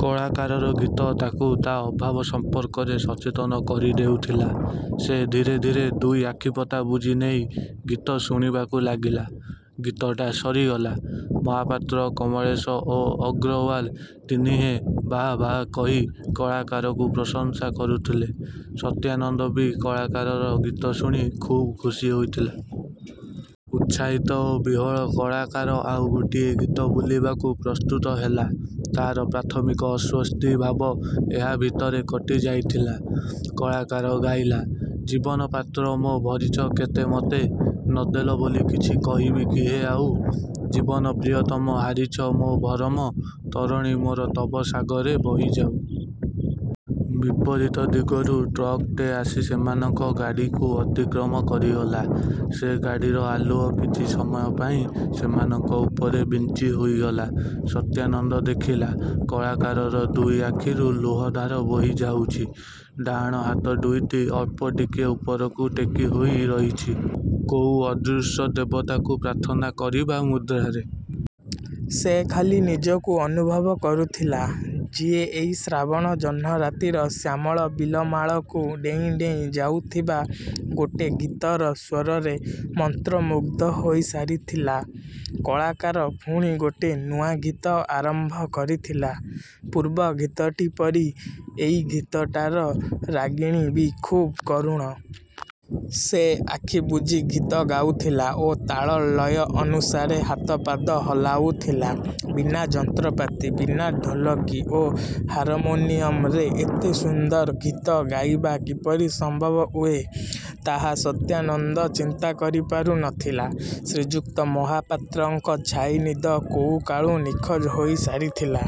କଳାକାରର ଗୀତ ତାକୁ ତା ଅଭାବ ସମ୍ପର୍କରେ ସଚେତନ କରିଦେଉଥିଲା। ସେ ଧୀରେ ଧୀରେ ଦୁଇ ଆଖିପତା ବୁଜି ନେଇ ଗୀତ ଶୁଣିବାକୁ ଲାଗିଲା। ଗୀତଟା ସରିଗଲା। ମହାପାତ୍ର, କମଳେଶ ଓ ଅଗ୍ରୱାଲ ତିନିହେଁ ବାଃ ବାଃ କହି, କଳାକାରକୁ ପ୍ରଶଂସା କରୁଥିଲେ। ସତ୍ୟାନନ୍ଦ ବି କଳାକାରର ଗୀତ ଶୁଣି ଖୁବ୍ ଖୁସି ହୋଇଥିଲା। ଉତ୍ସାହିତ ଓ ବିହ୍ୱଳ କଳାକାର ଆଉ ଗୋଟିଏ ଗୀତ ବୋଲିବାକୁ ପ୍ରସ୍ତୁତ ହେଲା। ତାର ପ୍ରାଥମିକ ଅସ୍ୱସ୍ତି ଭାବ ଏହା ଭିତରେ କଟିଯାଇଥିଲା। କଳାକାର ଗାଇଲା ଜୀବନ ପାତ୍ର ମୋ ଭରିଛ କେତେମତେ, ନଦେଲ ବୋଲି କିଛି କହିବି କି ହେ ଆଉ, ଜୀବନ ପ୍ରିୟତମ ହାରିଛ ମୋ ଭରମ, ତରଣୀ ମୋର ତବ ସାଗରେ ବହିଯାଉ। ବିପରୀତ ଦିଗରୁ ଟ୍ରକଟେ ଆସି ସେମାନଙ୍କ ଗାଡ଼ିକୁ ଅତିକ୍ରମ କରିଗଲା। ସେଇ ଗାଡ଼ିର ଆଲୁଅ କିଛି ସମୟ ପାଇଁ ସେମାନଙ୍କ ଉପରେ ବିଞ୍ଚି ହୋଇଗଲା। ସତ୍ୟାନନ୍ଦ ଦେଖିଲା, କଳାକାରର ଦୁଇଆଖିରୁ ଲୁହଧାର ବୋହିଯାଉଛି। ଡାହାଣ ହାତ ଦୁଇଟି ଅଳ୍ପ ଟିକିଏ ଉପରକୁ ଟେକିହୋଇ ରହିଛି, କୋଉ ଅଦୃଶ୍ୟ ଦେବତାକୁ ପ୍ରାର୍ଥନା କରିବା ମୁଦ୍ରାରେ। ସେ ଖାଲି ନିଜକୁ ଅନୁଭବ କରୁଥିଲା, ଯିଏ ଏଇ ଶ୍ରାବଣ ଜହ୍ନରାତିର ଶ୍ୟାମଳ ବିଲମାଳକୁ ଡେଇଁ ଡେଇଁ ଯାଉଥିବା ଗୋଟେ ଗୀତର ସ୍ୱରରେ ମନ୍ତ୍ରମୁଗ୍ଧ ହୋଇସାରିଥିଲା। କଳାକାର ପୁଣି ଗୋଟେ ନୂଆ ଗୀତ ଆରମ୍ଭ କରିଥିଲା। ପୂର୍ବ ଗୀତଟି ପରି ଏଇ ଗୀତଟାର ରାଗିଣୀ ବି ଖୁବ୍ କରୁଣ। ସେ ଆଖିବୁଜି ଗୀତ ଗାଉଥିଲା ଓ ତାଳ ଲୟ ଅନୁସାରେ ହାତ ପାଦ ହଲାଉଥିଲା। ବିନା ଯନ୍ତ୍ରପାତି, ବିନା ଢୋଲକି ଓ ହାରମୋନିୟମରେ ଏତେ ସୁନ୍ଦର ଗୀତ ଗାଇବା କିପରି ସମ୍ଭବ ହୁଏ ତାହା ସତ୍ୟାନନ୍ଦ ଚିନ୍ତା କରିପାରୁ ନଥିଲା। ଶ୍ରୀଯୁକ୍ତ ମହାପାତ୍ରଙ୍କ ଛାଇନିଦ କୋଉକାଳୁ ନିଖୋଜ ହୋଇସାରିଥିଲା।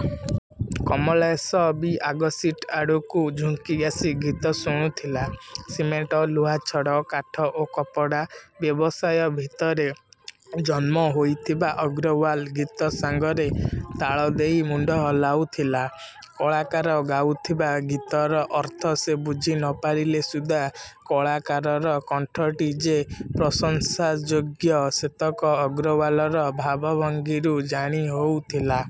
କମଳେଶ ବି ଆଗ ସିଟ ଆଡ଼କୁ ଝୁଙ୍କି ଆସି ଗୀତ ଶୁଣୁଥିଲା। ସିମେଣ୍ଟ, ଲୁହାଛଡ଼, କାଠ ଓ କପଡ଼ା ବ୍ୟବସାୟ ଭିତରେ ଜନ୍ମ ହୋଇଥିବା ଅଗ୍ରୱାଲ ଗୀତ ସାଙ୍ଗରେ ତାଳ ଦେଇ ମୁଣ୍ଡ ହଲାଉଥିଲା। କଳାକାର ଗାଉଥିବା ଗୀତର ଅର୍ଥ ସେ ବୁଝି ନପାରିଲେ ସୁଦ୍ଧା କଳାକାରର କଣ୍ଠଟି ଯେ ପ୍ରଶଂସାଯୋଗ୍ୟ ସେତକ ଅଗ୍ରୱାଲର ଭାବଭଙ୍ଗୀରୁ ଜାଣି ହେଉଥିଲା।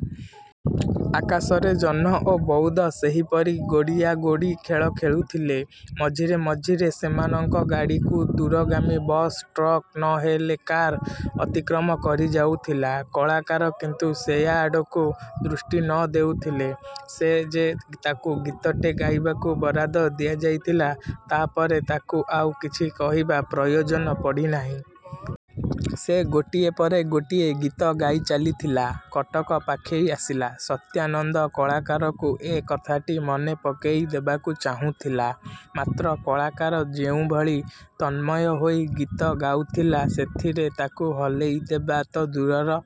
ଆକାଶରେ ଜହ୍ନ ଓ ବଉଦ ସେହିପରି ଗୋଡ଼ିଆଗୋଡ଼ି ଖେଳ ଖେଳୁଥିଲେ। ମଝିରେ ମଝିରେ ସେମାନଙ୍କ ଗାଡ଼ିକୁ ଦୂରଗାମୀ ବସ୍, ଟ୍ରକ୍, ନ ହେଲେ କାର ଅତିକ୍ରମ କରିଯାଉଥିଲା। କଳାକାର କିନ୍ତୁ ସେଆଡ଼କୁ ଦୃଷ୍ଟି ଦେଉନଥିଲା। ସେଇ ଯେ ତାକୁ ଗୀତଟେ ଗାଇବାକୁ ବରାଦ ଦିଆଯାଇଥିଲା, ତାପରେ ତାକୁ ଆଉ କିଛି କହିବା ପ୍ରୟୋଜନ ପଡ଼ିନାହିଁ। ସେ ଗୋଟିଏ ପରେ ଗୋଟିଏ ଗୀତ ଗାଇଚାଲିଥିଲା। କଟକ ପାଖେଇ ଆସିଲା। ସତ୍ୟାନନ୍ଦ କଳାକାରକୁ ଏ କଥାଟି ମନେ ପକେଇ ଦେବାକୁ ଚାହୁଁଥିଲା। ମାତ୍ର କଳାକାର ଯୋଉଭଳି ତନ୍ମୟ ହୋଇ ଗୀତ ଗାଉଥିଲା ସେଥିରେ ତାକୁ ହଲେଇଦେବା ତ ଦୂରର।